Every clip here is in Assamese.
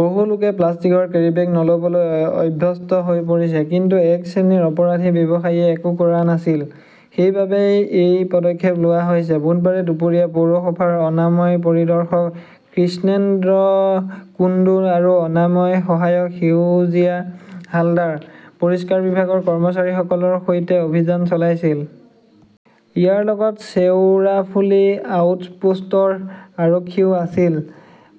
বহু লোকে প্লাষ্টিকৰ কেৰীবেগ নলবলৈ অভ্যস্ত হৈ পৰিছে। কিন্তু এক শ্ৰেণীৰ অপৰাধী ব্যৱসায়ীয়ে একো কৰা নাছিল। সেইবাবেই এই পদক্ষেপ লোৱা হৈছে। বুধবাৰে দুপৰীয়া পৌৰসভাৰ অনাময় পৰিদৰ্শক কৃষ্ণেন্দ্ৰ কুণ্ডু আৰু অনাময় সহায়ক সেউজীয়া হালদাৰ পৰিষ্কাৰ বিভাগৰ কৰ্মচাৰীসকলৰ সৈতে অভিযান চলাইছিল। ইয়াৰ লগত শ্বেওৰাফুলি আউটপোষ্টৰ আৰক্ষীও আছিল।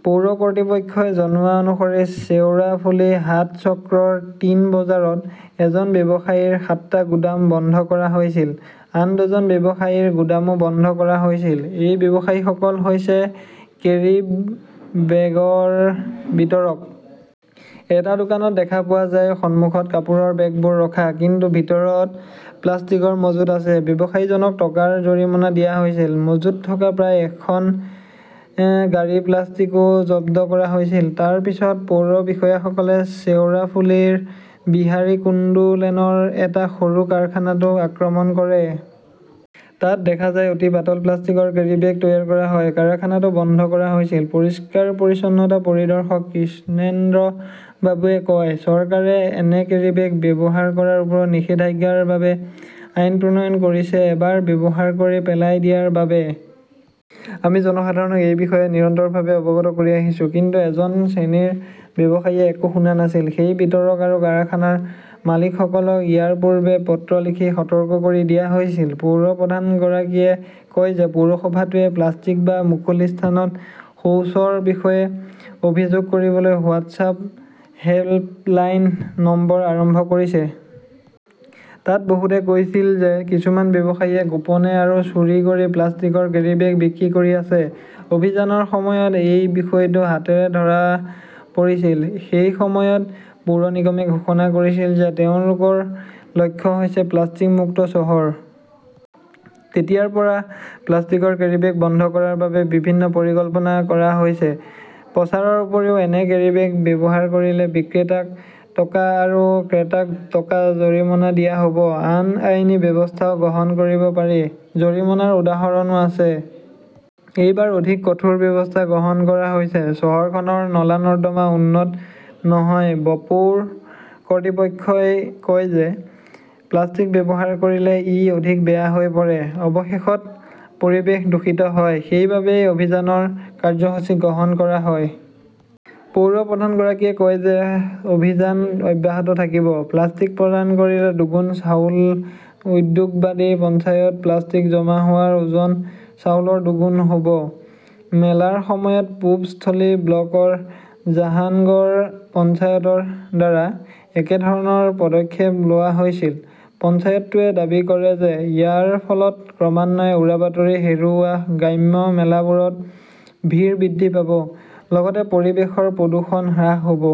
পৌৰ কৰ্তৃপক্ষই জনোৱা অনুসৰি শ্বেওৰাফুলি হাট চক্ৰৰ টিন বজাৰত এজন ব্যৱসায়ীৰ সাতটা গুদাম বন্ধকৰা হৈছিল। আন দুজন ব্যৱসায়ীৰ গুদামো বন্ধ কৰা হৈছিল। এই ব্যৱসায়ীসকল হৈছে কেৰিববেগৰ বিতৰক। এটা দোকানত দেখা পোৱা যায় সন্মুখত কাপোৰৰ বেগবোৰ ৰখা, কিন্তু ভিতৰত প্লাষ্টিকৰ মজুত আছে। ব্যৱসায়ীজনক টকাৰ জৰিমনা দিয়া হৈছিল। মজুত থকা প্ৰায় এখন গাড়ী প্লাষ্টিকও জব্দ কৰা হৈছিল। তাৰ পিছত পৌৰ বিষয়াসকলে শ্বেওৰাফুলীৰ বিহাৰী কুণ্ডু লেনৰ এটা সৰু কাৰখানাতো আক্ৰমণ কৰে। তাত দেখা যায় অতি পাতল প্লাষ্টিকৰ কেৰিবেগ তৈয়াৰ কৰা হয়। কাৰখানাটো বন্ধ কৰা হৈছিল। পৰিষ্কাৰ-পৰিচ্ছন্নতা পৰিদৰ্শক কৃষ্ণেন্দ্ৰবাবুৱে কয়, চৰকাৰে এনে কেৰীবেগ ব্যৱহাৰ কৰাৰ ওপৰত নিষেধাজ্ঞাৰ বাবে আইন প্ৰণয়ন কৰিছে এবাৰ ব্যৱহাৰ কৰি পেলাই দিয়াৰ বাবে। আমি জনসাধাৰণক এই বিষয়ে নিৰন্তৰভাৱে অৱগত কৰি আহিছোঁ। কিন্তু এজন শ্ৰেণীৰ ব্যৱসায়ীয়ে একো শুনা নাছিল। সেই বিতৰক আৰু কাৰখানাৰ মালিকসকলক ইয়াৰ পূৰ্বে পত্ৰ লিখি সতৰ্ক কৰি দিয়া হৈছিল। পৌৰ প্ৰধানগৰাকীয়ে কয় যে পৌৰসভাটোৱে প্লাষ্টিক বা মুকলি স্থানত শৌচৰ বিষয়ে অভিযোগ কৰিবলৈ হোৱাটছআপ হেল্প লাইন নম্বৰ আৰম্ভ কৰিছে। তাত বহুতে কৈছিল যে কিছুমান ব্যৱসায়ীয়ে গোপনে আৰু চুৰি কৰি প্লাষ্টিকৰ কেৰীবেগ বিক্ৰী কৰি আছে। অভিযানৰ সময়ত এই বিষয়টো হাতেৰে ধৰা পৰিছিল। সেই সময়ত পৌৰ নিগমে ঘোষণা কৰিছিল যে তেওঁলোকৰ লক্ষ্য হৈছে প্লাষ্টিক-মুক্ত চহৰ। তেতিয়াৰ পৰা প্লাষ্টিকৰ কেৰিবেগ বন্ধ কৰাৰ বাবে বিভিন্ন পৰিকল্পনা কৰা হৈছে। প্ৰচাৰৰ উপৰিও এনে কেৰীবেগ ব্যৱহাৰ কৰিলে বিক্ৰেতাক টকা আৰু ক্ৰেতাক টকা জৰিমনা দিয়া হ 'ব। আন আইনী ব্যৱস্থাও গ্ৰহণ কৰিব পাৰি। জৰিমনাৰ উদাহৰণো আছে। এইবাৰ অধিক কঠোৰ ব্যৱস্থা গ্ৰহণ কৰা হৈছে। চহৰখনৰ নলা-নৰ্দমা উন্নত নহয় বপৌৰ কৰ্তৃপক্ষই কয় যে প্লাষ্টিক ব্যৱহাৰ কৰিলে ই অধিক বেয়া হৈ পৰে। অৱশেষত, পৰিৱেশ দূষিত হয়। সেইবাবেই অভিযানৰ কাৰ্যসূচী গ্ৰহণ কৰা হয়। পৌৰ প্ৰধানগৰাকীয়ে কয় যে অভিযান অব্যাহত থাকিব। প্লাষ্টিক প্ৰদান কৰিলে দুগুণ চাউল, উদ্যোগবাদী পঞ্চায়ত প্লাষ্টিক জমা হোৱাৰ ওজন চাউলৰ দুগুণ হ'ব। মেলাৰ সময়ত পূবস্থলী ব্লকৰ জাহানগৰ পঞ্চায়তৰ দ্বাৰা একেধৰণৰ পদক্ষেপ লোৱা হৈছিল। পঞ্চায়তটোৱে দাবী কৰে যে ইয়াৰ ফলত ক্ৰমান্বয়ে উৰাবাতৰি হেৰুওৱা গ্ৰাম্য মেলাবোৰত ভিৰ বৃদ্ধি পাব, লগতে পৰিৱেশৰ প্ৰদূষণ হ্ৰাস হ 'ব।